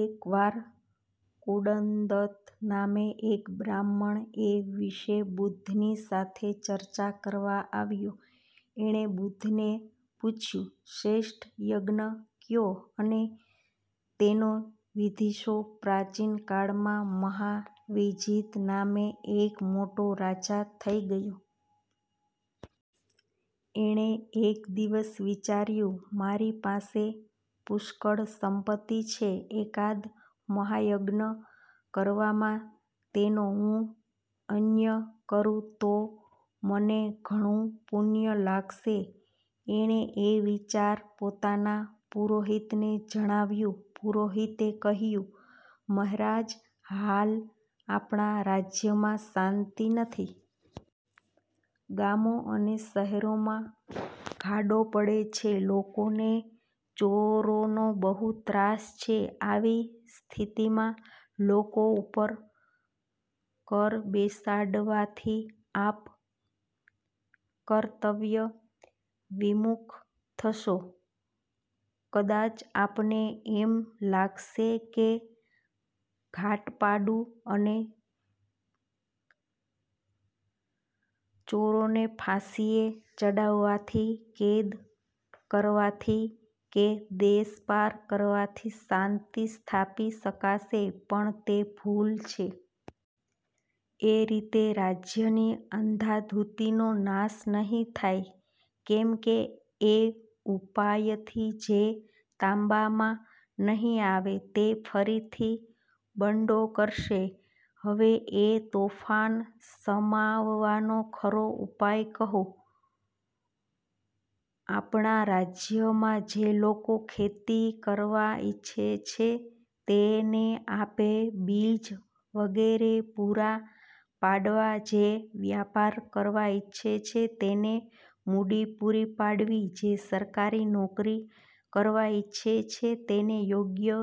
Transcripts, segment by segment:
એક વાર કૂટદંત નામે એક બ્રાહ્મણ એ વિષે બુદ્ધની સાથે ચર્ચા કરવા આવ્યો. એણે બુદ્ધને પૂછ્યું, "શ્રેષ્ઠ યજ્ઞ કયો, અને તેનો વિધિ શો? " પ્રાચીન કાળમાં મહાવિજિત નામે એક મોટો રાજા થઇ ગયો. એણે એક દિવસ વિચાર્યું, 'મારી પાસે પુષ્કળ સંપત્તિ છે. એકાદ મહાયજ્ઞ કરવામાં તેનો હું વ્યય કરૂં તો મને ઘણું પુણ્ય લાગશે. ' એણે એ વિચાર પોતાના પુરોહિતને જણાવ્યો. પુરોહિતે કહ્યું, 'મહારાજ, હાલ આપણા રાજ્યમાં શાન્તિ નથી. ગામો અને શહેરોમાં ઘાડો પડે છે; લોકોને ચોરોનો બહુ ત્રાસ છે. આવી સ્થિતિમાં લોકો ઉપર કર બેસાડવાથી આપ કર્તવ્ય વિમુખ થશો. કદાચ આપને એમ લાગશે કે ધાડપાડુ અને ચોરોને ફાંસીએ ચડાવવાથી, કેદ કરવાથી કે દેશપાર કરવાથી શાન્તિ સ્થાપી શકાશે; પણ તે ભૂલ છે. એ રીતે રાજ્યની અંધાધુંધીનો નાશ નહિ થાય; કેમકે એ ઉપાયથી જે તાબામાં નહિ આવે તે ફરીથી બંડો કરશે. હવે એ તોફાન શમાવવાનો ખરો ઉપાય કહું. આપણા રાજ્યમાં જે લોકો ખેતી કરવા ઇચ્છે છે તેને આપે બીજ વગેરે પૂરાં પાડવાં; જે વ્યાપાર કરવા ઇચ્છે છે તેને મુડી પૂરી પાડવી; જે સરકારી નોકરી કરવા ઇચ્છે છે તેને યોગ્ય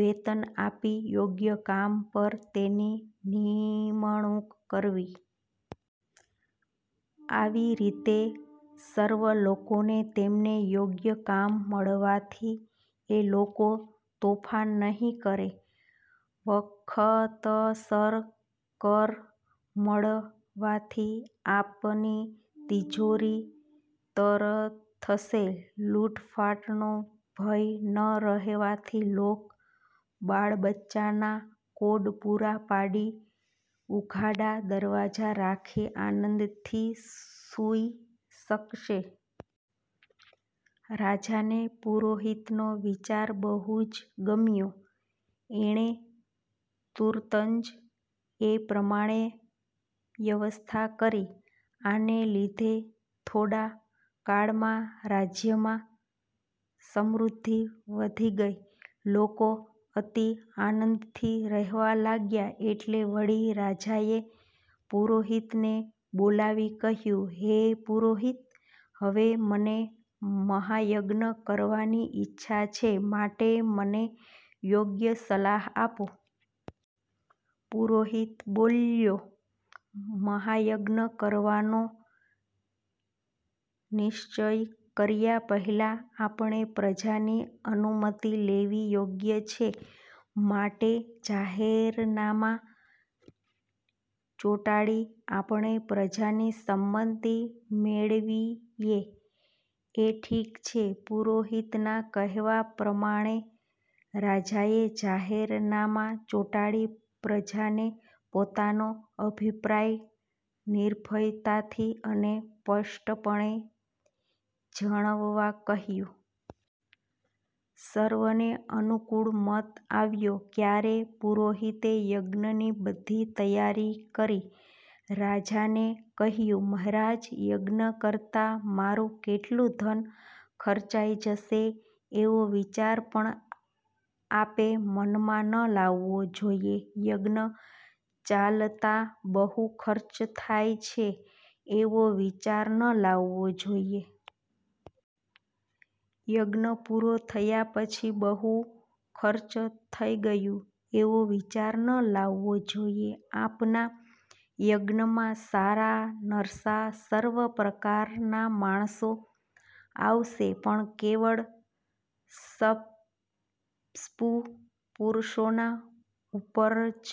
વેતન આપી યોગ્ય કામ પર તેની નીમણુક કરવી. આવી રીતે સર્વ લોકોને તેમને યોગ્ય કામ મળવાથી એ લોકો તોફાન નહિ કરે. વખતસર કર મળવાથી આપની તીજોરી તર થશે. લૂંટફાટનો ભય ન રહેવાથી લોક બાળબચ્ચાંના કોડ પૂરા પાડી ઉઘાડા દરવાજા રાખી આનંદથી સુઇ શકશે. ' રાજાને પુરોહિતનો વિચાર બહુજ ગમ્યો. એણે તુર્તજ એ પ્રમાણે વ્યવસ્થા કરી. આને લીધે થોડા કાળમાં રાજ્યમાં સમૃદ્ધિ વધી ગઈ. લોકો અતિ આનંદથી રહેવા લાગ્યા. એટલે વળી રાજાએ પુરોહિતને બોલાવી કહ્યું, 'હે પુરોહિત, હવે મને મહાયજ્ઞ કરવાની ઇચ્છા છે, માટે મને યોગ્ય સલાહ આપો. ' પુરોહિત બોલ્યો, 'મહાયજ્ઞ કરવાનો નિશ્ચય કર્યા પહેલાં આપણે પ્રજાની અનુમતિ લેવી યોગ્ય છે. માટે જાહેરનામાં ચોંટાડી આપણે પ્રજાની સંમતિ મેળવીયે એ ઠીક છે. ' પુરોહિતના કહેવા પ્રમાણે રાજાએ જાહેરનામાં ચોંટાડી પ્રજાને પોતાનો અભિપ્રાય નિર્ભયતાથી અને સ્પષ્ટપણે જણવવા કહ્યું. સર્વેએ અનુકૂળ મત આપ્યો. ત્યારે પુરોહિતે યજ્ઞની બધી તૈયારી કરી રાજાને કહ્યું, 'મહારાજ યજ્ઞ કરતાં મારૂં કેટલું ધન ખર્ચાઈ જશે એવો વિચાર પણ આપે મનમાં ન લાવવો જોઇયે; યજ્ઞ ચાલતાં બહુ ખર્ચ થાય છે એવો વિચાર ન લાવવો જોઇયે. યજ્ઞ પૂરો થયા પછી બહુ ખર્ચ થઈ ગયું એવો વિચાર ન લાવવો જોઇયે. આપના યજ્ઞમાં સારા-નરસા સર્વે પ્રકારના માણસો આવશે, પણ કેવળ સત્પુરુષોના ઉપર જ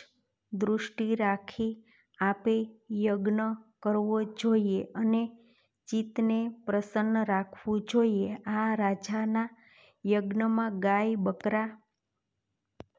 દૃષ્ટિ રાખી આપે યજ્ઞ કરવો જોઇયે, અને ચિત્તને પ્રસન્ન રાખવું જોઇયે. ' આ રાજાના યજ્ઞમાં ગાય, બકરાં,